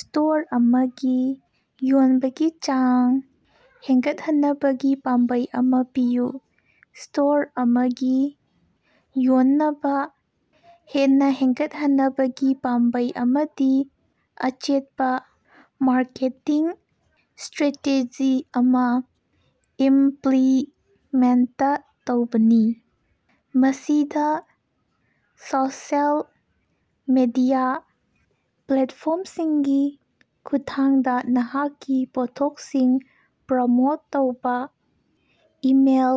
Store ꯑꯃꯒꯤ ꯌꯣꯟꯕꯒꯤ ꯆꯥꯡ ꯍꯦꯟꯒꯠꯍꯟꯅꯕꯒꯤ ꯄꯥꯝꯕꯩ ꯑꯃ ꯄꯤꯌꯨ꯫ ꯁ꯭ꯇꯣꯔ ꯑꯃꯒꯤ ꯌꯣꯟꯅꯕ ꯍꯦꯟꯅ ꯍꯦꯟꯒꯠꯍꯟꯅꯕꯒꯤ ꯄꯥꯝꯕꯩ ꯑꯃꯗꯤ ꯑꯆꯦꯠꯄ ꯃꯥꯔꯀꯦꯇꯤꯡ ꯁ꯭ꯇꯔꯦꯇꯦꯖꯤ ꯑꯃ ꯏꯃꯞꯂꯤꯃꯦꯟꯇ ꯇꯧꯕꯅꯤ꯫ ꯃꯁꯤꯗ ꯁꯣꯁꯤꯑꯦꯜ ꯃꯦꯗꯤꯌꯥ ꯄ꯭ꯂꯦꯠꯐꯣꯔꯝꯁꯤꯡꯒꯤ ꯈꯨꯠꯊꯥꯡꯗ ꯅꯍꯥꯛꯀꯤ ꯄꯣꯠꯊꯣꯛꯁꯤꯡ ꯄ꯭ꯔꯃꯣꯠ ꯇꯧꯕ, ꯏꯃꯦꯜ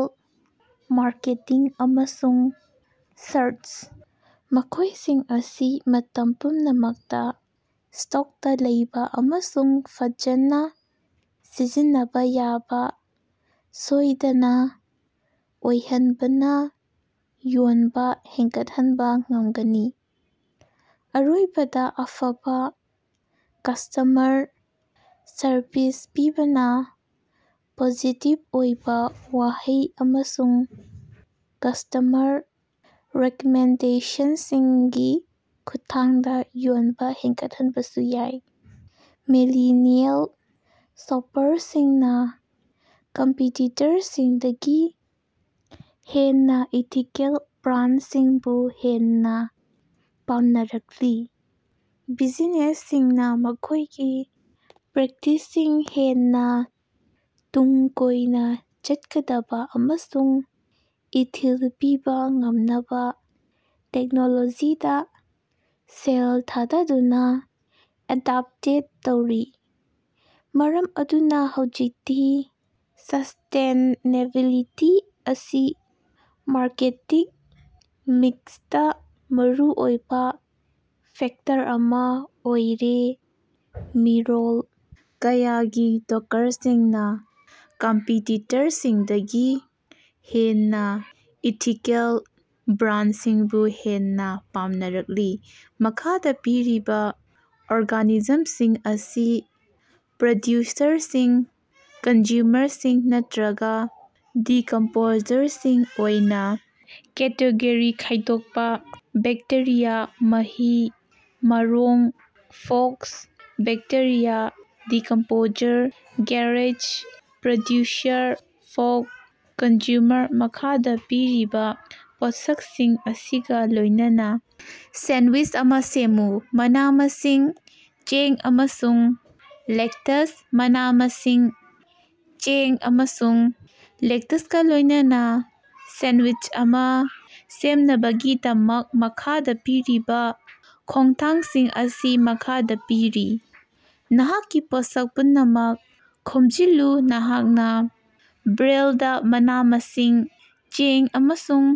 ꯃꯥꯔꯀꯦꯇꯤꯡ, ꯑꯃꯁꯨꯡ ꯁꯔꯆ ꯃꯈꯣꯏꯁꯤꯡ ꯑꯁꯤ ꯃꯇꯝ ꯄꯨꯝꯅꯃꯛꯇ ꯁ꯭ꯇꯣꯛꯇ ꯂꯩꯕ ꯑꯃꯁꯨꯡ ꯐꯖꯅ ꯁꯤꯖꯤꯟꯅꯕ ꯌꯥꯕ ꯁꯣꯏꯗꯅ ꯑꯣꯏꯍꯟꯕꯅ ꯌꯣꯟꯕ ꯍꯦꯟꯒꯠꯍꯟꯕ ꯉꯝꯒꯅꯤ꯫ ꯑꯔꯣꯏꯕꯗ ꯑꯐꯕ ꯀꯁ꯭ꯇꯃꯔ ꯁꯔꯕꯤꯁ ꯄꯤꯕꯅ ꯄꯣꯖꯤꯇꯤꯕ ꯑꯣꯏꯕ ꯋꯥꯍꯩ ꯑꯃꯁꯨꯡ ꯀꯁ꯭ꯇꯃꯔ ꯔꯤꯛꯃꯦꯟꯗꯦꯁꯟꯁꯤꯡꯒꯤ ꯈꯨꯠꯊꯥꯡꯗ ꯌꯣꯟꯕ ꯍꯦꯟꯒꯠꯍꯟꯕꯁꯨ ꯌꯥꯏ꯫ ꯃꯤꯂꯤꯅꯤꯑꯦꯜ ꯁꯣꯄꯥꯔꯁꯤꯡꯅꯥ ꯀꯝꯄꯤꯇꯤꯇꯔꯁꯤꯡꯗꯒꯤ ꯍꯦꯟꯅ ꯏꯊꯤꯀꯦꯜ ꯕ꯭ꯔꯥꯟꯗꯁꯤꯡꯕꯨ ꯍꯦꯟꯅ ꯄꯥꯝꯅꯔꯛꯂꯤ꯫ ꯕꯤꯖꯤꯅꯦꯁꯁꯤꯡꯅ ꯃꯈꯣꯏꯒꯤ ꯄ꯭ꯔꯦꯛꯇꯤꯁꯁꯤꯡ ꯍꯦꯟꯅ ꯇꯨꯡ ꯀꯣꯏꯅ ꯆꯠꯀꯗꯕ ꯑꯃꯁꯨꯡ ꯏꯊꯤꯜ ꯄꯤꯕ ꯉꯝꯅꯕ ꯇꯦꯛꯅꯣꯂꯣꯖꯤꯗ ꯁꯦꯜ ꯊꯥꯗꯗꯨꯅ ꯑꯦꯗꯥꯞꯇꯦꯠ ꯇꯧꯔꯤ꯫ ꯃꯔꯝ ꯑꯗꯨꯅ ꯍꯧꯖꯤꯛꯇꯤ ꯁꯁ꯭ꯇꯦꯅꯦꯕꯤꯂꯤꯇꯤ ꯑꯁꯤ ꯃꯥꯔꯀꯦꯇꯤꯡ ꯃꯤꯛꯁꯇ ꯃꯔꯨꯑꯣꯏꯕ ꯐꯦꯛꯇꯔ ꯑꯃ ꯑꯣꯏꯔꯦ꯫ ꯃꯤꯔꯣꯜ ꯀꯌꯥꯒꯤ ꯗꯣꯀꯔꯁꯤꯡꯅ ꯀꯝꯄꯤꯇꯤꯇꯔꯁꯤꯡꯗꯒꯤ ꯍꯦꯟꯅ ꯏꯊꯤꯀꯦꯜ ꯕ꯭ꯔꯥꯟꯗꯁꯤꯡꯕꯨ ꯍꯦꯟꯅꯥ ꯄꯥꯝꯅꯔꯛꯂꯤ꯫ ꯃꯈꯥꯗ ꯄꯤꯔꯤꯕ ꯑꯣꯔꯒꯥꯅꯤꯖꯝꯁꯤꯡ ꯑꯁꯤ ꯄ꯭ꯔꯗ꯭ꯌꯨꯁꯔꯁꯤꯡ, ꯀꯟꯖ꯭ꯌꯨꯃꯔꯁꯤꯡ ꯅꯠꯇ꯭ꯔꯒ ꯗꯤꯀꯃꯄꯣꯖꯔꯁꯤꯡ ꯑꯣꯏꯅ ꯀꯦꯇꯦꯒꯣꯔꯤ ꯈꯥꯏꯗꯣꯛꯄ꯫ ꯕꯦꯛꯇꯦꯔꯤꯌꯥ, ꯃꯍꯩ-ꯃꯔꯣꯡ, fox. Bacteria: decomposer grass: producer fox: consumer. ꯃꯈꯥꯗ ꯄꯤꯔꯤꯕ ꯄꯣꯠꯁꯛꯁꯤꯡ ꯑꯁꯤꯒ ꯂꯣꯏꯅꯅ ꯁꯦꯟꯗꯋꯤꯁ ꯑꯃ ꯁꯦꯝꯃꯨ: ꯃꯅꯥ-ꯃꯁꯤꯡ, ꯆꯦꯡ, ꯑꯃꯁꯨꯡ ꯂꯦꯇꯆ꯫ ꯃꯅꯥ-ꯃꯁꯤꯡ, ꯆꯦꯡ ꯑꯃꯁꯨꯡ ꯂꯦꯇꯆꯒ ꯂꯣꯏꯅꯅ ꯁꯦꯟꯗꯋꯤꯁ ꯑꯃ ꯁꯦꯝꯅꯕꯒꯤꯗꯃꯛ ꯃꯈꯥꯗꯥ ꯄꯤꯔꯤꯕ ꯈꯣꯡꯊꯥꯡꯁꯤꯡ ꯑꯁꯤ ꯃꯈꯥꯗ ꯄꯤꯔꯤ: ꯅꯍꯥꯛꯀꯤ ꯄꯣꯠꯁꯛ ꯄꯨꯝꯅꯃꯛ ꯈꯣꯝꯖꯤꯜꯂꯨ: ꯅꯍꯥꯛꯅ ꯕ꯭ꯔꯦꯗ, ꯃꯅꯥ-ꯃꯁꯤꯡ, ꯆꯦꯡ, ꯑꯃꯁꯨꯡ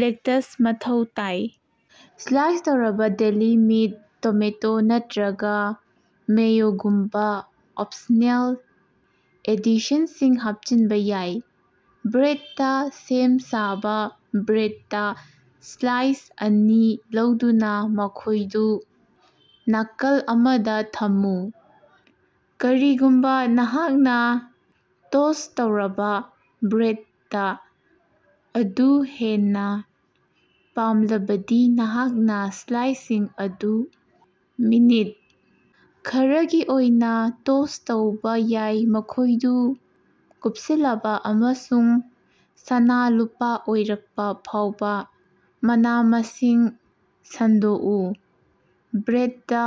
ꯂꯦꯇꯆ ꯃꯊꯧ ꯇꯥꯏ꯫ ꯁ꯭ꯂꯥꯏꯁ ꯇꯧꯔꯕ ꯗꯦꯂꯤ ꯃꯤꯠ, ꯇꯣꯃꯦꯇꯣ ꯅꯠꯇ꯭꯭ꯔꯒ ꯃꯦꯌꯣꯒꯨꯝꯕ ꯑꯣꯄꯁꯅꯦꯜ ꯑꯦꯗꯤꯁꯟꯁꯤꯡ ꯍꯥꯄꯆꯤꯟꯕ ꯌꯥꯏ꯫ ꯕ꯭ꯔꯦꯗ ꯁꯦꯝ-ꯁꯥꯕ: ꯕ꯭ꯔꯦꯗ ꯁ꯭ꯂꯥꯏꯁ ꯑꯅꯤ ꯂꯧꯗꯨꯅ ꯃꯈꯣꯏꯗꯨ ꯅꯥꯀꯜ ꯑꯃꯗ ꯊꯝꯃꯨ꯫ ꯀꯔꯤꯒꯨꯝꯕ ꯅꯍꯥꯛꯅ ꯇꯣꯁ꯭ꯠ ꯇꯧꯔꯕ ꯕ꯭ꯔꯦꯗ ꯑꯗꯨ ꯍꯦꯟꯅ ꯄꯥꯝꯂꯕꯗꯤ ꯅꯍꯥꯛꯅ ꯁ꯭ꯂꯥꯏꯁꯁꯤꯡ ꯑꯗꯨ ꯃꯤꯅꯤꯠ ꯈꯔꯒꯤ ꯑꯣꯏꯅ ꯇꯣꯁ꯭ꯠ ꯇꯧꯕꯥ ꯌꯥꯏ ꯫ ꯃꯈꯣꯏꯗꯨ ꯀꯨꯄꯁꯤꯜꯂꯕ ꯑꯃꯁꯨꯡ ꯁꯅꯥ-ꯂꯨꯄꯥ ꯑꯣꯏꯔꯛꯄ ꯐꯥꯎꯕꯥ ꯃꯅꯥ-ꯃꯁꯤꯡ ꯁꯟꯗꯣꯛꯎ: ꯕ꯭ꯔꯦꯠꯇ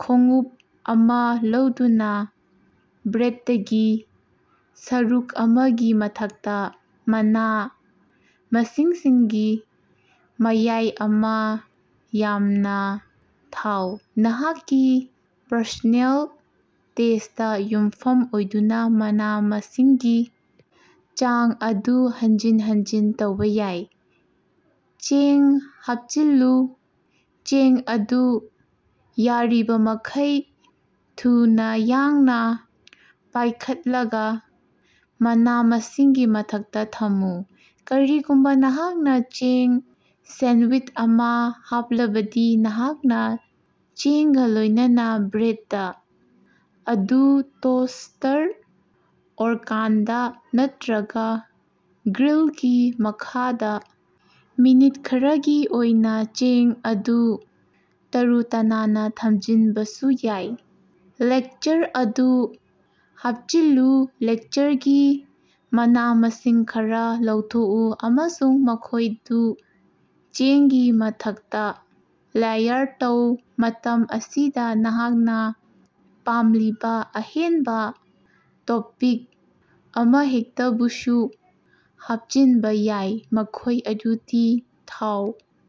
ꯈꯣꯡꯎꯞ ꯑꯃ ꯂꯧꯗꯨꯅ ꯕ꯭ꯔꯦꯗꯀꯤ ꯁꯔꯨꯛ ꯑꯃꯒꯤ ꯃꯊꯛꯇ ꯃꯅꯥ-ꯃꯁꯤꯡꯒꯤ ꯃꯌꯥꯏ ꯑꯃ ꯌꯥꯝꯅ ꯊꯥꯎ꯫ ꯅꯍꯥꯛꯀꯤ ꯄꯔꯁꯣꯅꯦꯜ ꯇꯦꯁ꯭ꯇꯇ ꯌꯨꯝꯐꯝ ꯑꯣꯏꯗꯨꯅ ꯃꯅꯥ-ꯃꯁꯤꯡꯒꯤ ꯆꯥꯡ ꯑꯗꯨ ꯍꯟꯖꯤꯟ ꯍꯟꯖꯤꯟ ꯇꯧꯕ ꯌꯥꯏ꯫ ꯆꯦꯡ ꯍꯥꯄꯆꯤꯜꯂꯨ: ꯆꯦꯡ ꯑꯗꯨ ꯌꯥꯔꯤꯕꯃꯈꯩ ꯊꯨꯅ ꯌꯥꯡꯅ ꯄꯥꯏꯈꯠꯂꯒ ꯃꯅꯥ-ꯃꯁꯤꯡꯒꯤ ꯃꯊꯛꯇ ꯊꯝꯃꯨ꯫ ꯀꯔꯤꯒꯨꯝꯕ ꯅꯍꯥꯛꯅ ꯆꯦꯡ ꯁꯦꯟꯗꯋꯤꯁ ꯑꯃ ꯄꯥꯝꯂꯕꯗꯤ ꯅꯍꯥꯛꯅ ꯆꯦꯡꯒ ꯂꯣꯏꯅꯅ ꯕ꯭ꯔꯦꯗ ꯑꯗꯨ ꯇꯣꯁ꯭ꯇꯔ ꯑꯣꯚꯟꯗ ꯅꯠꯇ꯭ꯔꯒ ꯒ꯭ꯔꯤꯜꯒꯤ ꯃꯈꯥꯗ ꯃꯤꯅꯠ ꯈꯔꯒꯤ ꯑꯣꯏꯅ ꯆꯦꯡ ꯑꯗꯨ ꯇꯔꯨ-ꯇꯅꯥꯟꯅ ꯊꯝꯖꯟꯕꯁꯨ ꯌꯥꯏ꯫ ꯂꯦꯛꯆꯔ ꯑꯗꯨ ꯍꯥꯄꯆꯤꯜꯂꯨ: ꯂꯦꯛꯆꯔꯒꯤ ꯃꯅꯥ-ꯃꯁꯤꯡ ꯈꯔꯥ ꯂꯧꯊꯣꯛꯎ ꯑꯃꯁꯨꯡ ꯃꯈꯣꯏꯗꯨ ꯆꯦꯡꯒꯤ ꯃꯊꯛꯇ ꯂꯦꯌꯥꯔ ꯇꯧ꯫ ꯃꯇꯝ ꯑꯁꯤꯗ ꯅꯍꯥꯛꯅ ꯄꯥꯝꯂꯤꯕ ꯑꯍꯦꯟꯕ ꯇꯣꯄꯤꯡ ꯑꯃꯍꯦꯛꯇꯕꯨꯁꯨ ꯍꯥꯞꯆꯤꯟꯕ ꯌꯥꯏ꯫ ꯃꯈꯣꯏ ꯑꯗꯨꯗꯤ ꯊꯥꯎ